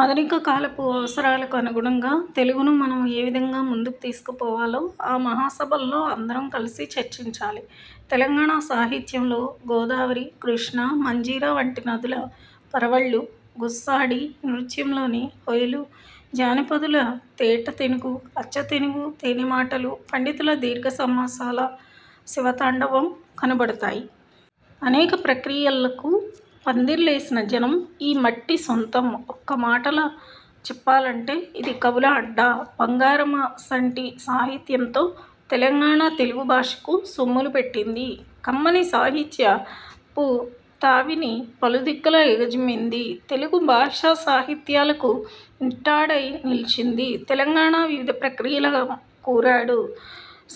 ఆధునిక కాలపు అవసరాలకు అనుగుణంగా తెలుగును మనం ఏవిధంగా ముందుకు తీసుకుపోవాలో ఆ మహాసభల్లో అందరం కలిసి చర్చించాలి. తెలంగాణ సాహిత్యంలో గోదావరి, కృష్ణ, మంజీర వంటి నదుల పరవళ్లు, గుస్సాడి నృత్యంలోని హొయలు, జానపదుల తేట తెనుగు, అచ్చతెనుగు తేనెమాటలు, పండితుల దీర్ఘ సమాసాల శివతాండవం కనబడుతయి. అనేక ప్రక్రియలకు పందిర్లేసిన జవం ఈ మట్టి సొంతం. ఒక్కమాటల చెప్పాలంటె ఇది కవుల అడ్డా. బంగారమసంటి సాహిత్యంతో తెలంగాణ తెలుగుభాషకు సొమ్ములుపెట్టింది. కమ్మని సాహిత్య పుతావిని పలుదిక్కుల ఎగజిమ్మింది. తెలుగు భాషాసాహిత్యాలకు నిట్టాడైనిల్చింది. తెలంగాణ వివిధ ప్రక్రియల కూరాడు.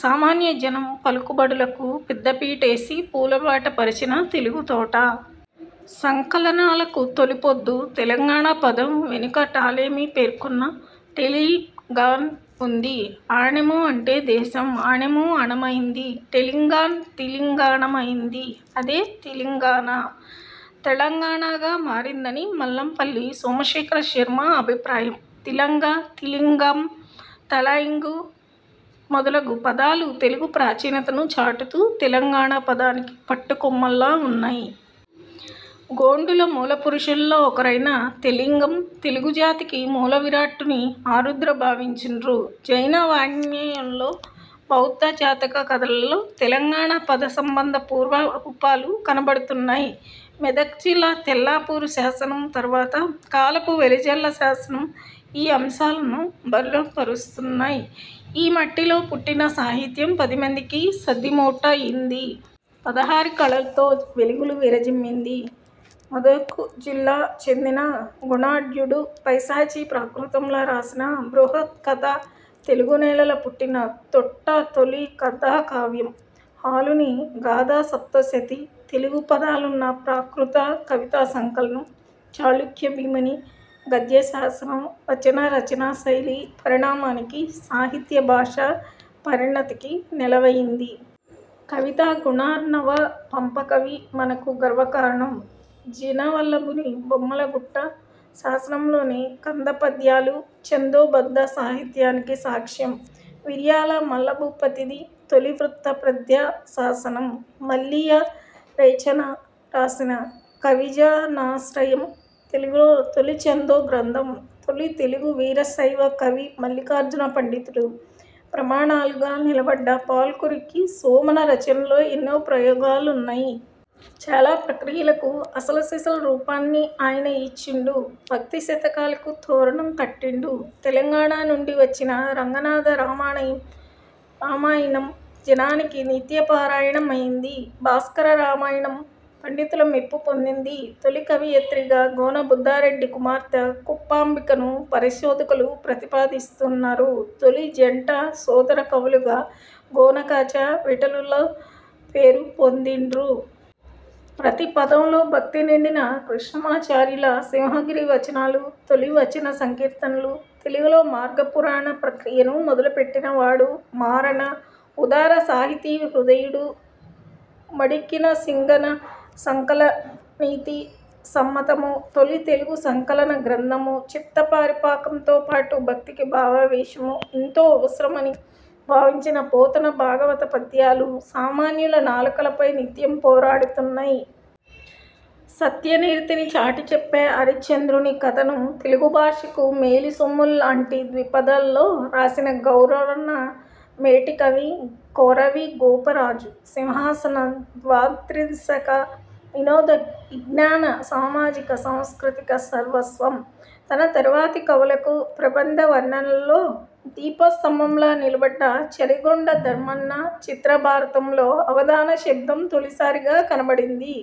సామాన్యజనం పలుకుబడులకు పెద్దపీటేసి పూలబాట పరిచిన తెలుగుతోట. సంకలనాలకు తొలిపొద్దు. 'తెలంగాణ' పదం వెనుక టాలెమీ పేర్కొన్న 'టెలింగాన్' ఉంది. ఆణెము అంటే దేశం. ఆణెము ఆణమైంది. టెలింగాన్ తిలింగాణమైంది. అదే తిలింగానా, తెలంగాణగా మారిందని మల్లంపల్లి సోమశేఖరశర్మ అభిప్రాయం. తిలంగ, తిలింగాః, తలైంగు మొద లగు పదాలు తెలుగు ప్రాచీనతను చాటుతూ 'తెలంగాణ' పదానికి పట్టుకొమ్మల్లా ఉన్నయి. గోండుల మూల పురుషులలో ఒకరైన 'తెలింగం' తెలుగు జాతికి మూలవిరాట్టని ఆరుద్ర భావించిన్రు. జైన వాజ్ఞయంలో, బౌద్ధ జాతక కథలలో తెలంగాణ పద సంబంధ పూర్వ రూపాలు కనబడుతున్నయి. మెదక్ జిల్లా తెల్లాపూర్ శాసనం, తర్వాత కాలపు వెలిజర్ల శాసనం ఈ అంశాలను బలపరుస్తున్నయి. ఈ మట్టిలో పుట్టిన సాహిత్యం పదిమందికి సద్దిమూటైంది. పదహారు కళలతో వెలుగులు విరజిమ్మింది. మెదక్ జిల్లాకు చెందిన గుణాఢ్యుడు పైశాచీ ప్రాకృతంల రాసిన బృహ త్కథ తెలుగు నేలల పుట్టిన తొట్టతొలి కథాకావ్యం. హాలుని గాథాసప్తశతి తెలుగు పదాలున్న ప్రాకృత కవితాసంకలనం. చాళుక్య భీముని గద్యశాసనం వచన రచనాశైలి పరిణామానికి, సాహిత్య భాషా పరిణతికి నెలవైంది. కవితా గుణార్ణవ పంపకవి మనకు గర్వకారణం. జినవల్లభుని బొమ్మల గుట్ట శాసనంలోని కందపద్యాలు ఛందోబద్ధ సాహిత్యానికి సాక్ష్యం. విరియాల మల్లభూపతిది తొలి వృత్త పద్యశాసనం. మల్లియరేచన రాసిన 'కవిజనాశ్రయం' తెలుగులో తొలి ఛందో గ్రంథం. తొలి తెలుగు వీరశైవ కవి మల్లిఖార్జున పండితుడు. ప్రమాణాలుగా నిలబడ్డ పాల్కురికి సోమన రచనల్లో ఎన్నో ప్రయోగాలున్నయి. చాలా ప్రక్రియలకు అసలు సిసలు రూపాన్ని ఆయన ఇచ్చిండు. భక్తి శతకాలకు తోరణం కట్టిండు. తెలంగాణ నుండి వచ్చిన రంగనాథ రామాయణం జనానికి నిత్య పారాయణమైంది. భాస్కర రామాయణం పండితుల మెప్పు పొందింది. తొలి కవయిత్రిగా గోనబుద్ధారెడ్డి కుమార్తె కుప్పాంబికను పరిశోధకులు ప్రతిపాదిస్తున్నరు. తొలి జంట, సోదర కవులుగ గోనకాచ, విఠలులు పేరు పొందిండ్రు. ప్రతి పదంలో భక్తి నిండిన కృష్ణమాచార్యుల సింహగిరి వచనాలు తొలి వచన సంకీర్తనలు. తెలుగులో మార్గపురాణ ప్రక్రియను మొదలుపెట్టినవాడు మారన. ఉదార సాహితీ హృదయుడు మడికిసింగన 'సకలనీతి సమ్మతము' తొలి తెలుగు సంకలన గ్రంథం. చిత్తపరిపాకంతో పాటు భక్తికి భావావేశం ఎంతో అవసరమని భావించిన పోతన భాగవత పద్యాలు సామాన్యుల నాలుకలపై నిత్యం పారాడుతున్నయి. సత్యనిరతిని చాటిచెప్పే హరిశ్చంద్రుని కథను తెలుగు భాషకు మేలిసొమ్ముల్లాంటి ద్విపదల్లో రాసిన గౌరన మేటికవి. కొరవి గోపరాజు 'సింహాసన ద్వాత్రింశిక' వినోద విజ్ఞాన సామాజిక సాంస్కృతిక సర్వస్వం. తన తరువాతి కవులకు ప్రబంధ వర్ణనలలో దీపస్తంభంలా నిలబడ్డ చరిగొండ ధర్మన్న 'చిత్ర భారతం'లో అవధాన శబ్దం తొలిసారిగా కనబడింది.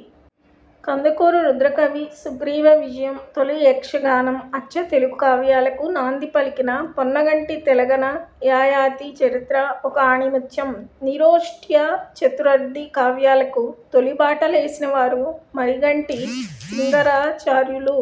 కందుకూరు రుద్రకవి 'సుగ్రీవ విజయం' తొలి యక్షగానం. అచ్చతెలుగు కావ్యాలకు నాందిపలికిన పొన్నగంటి తెలగన 'యయాతి చరిత్ర' ఒక ఆణిముత్యం. నిరోష్ట్య, చతురర్థి కావ్యాలకు తొలిబాటలేసినవారు మరింగంటి సింగరాచార్యులు.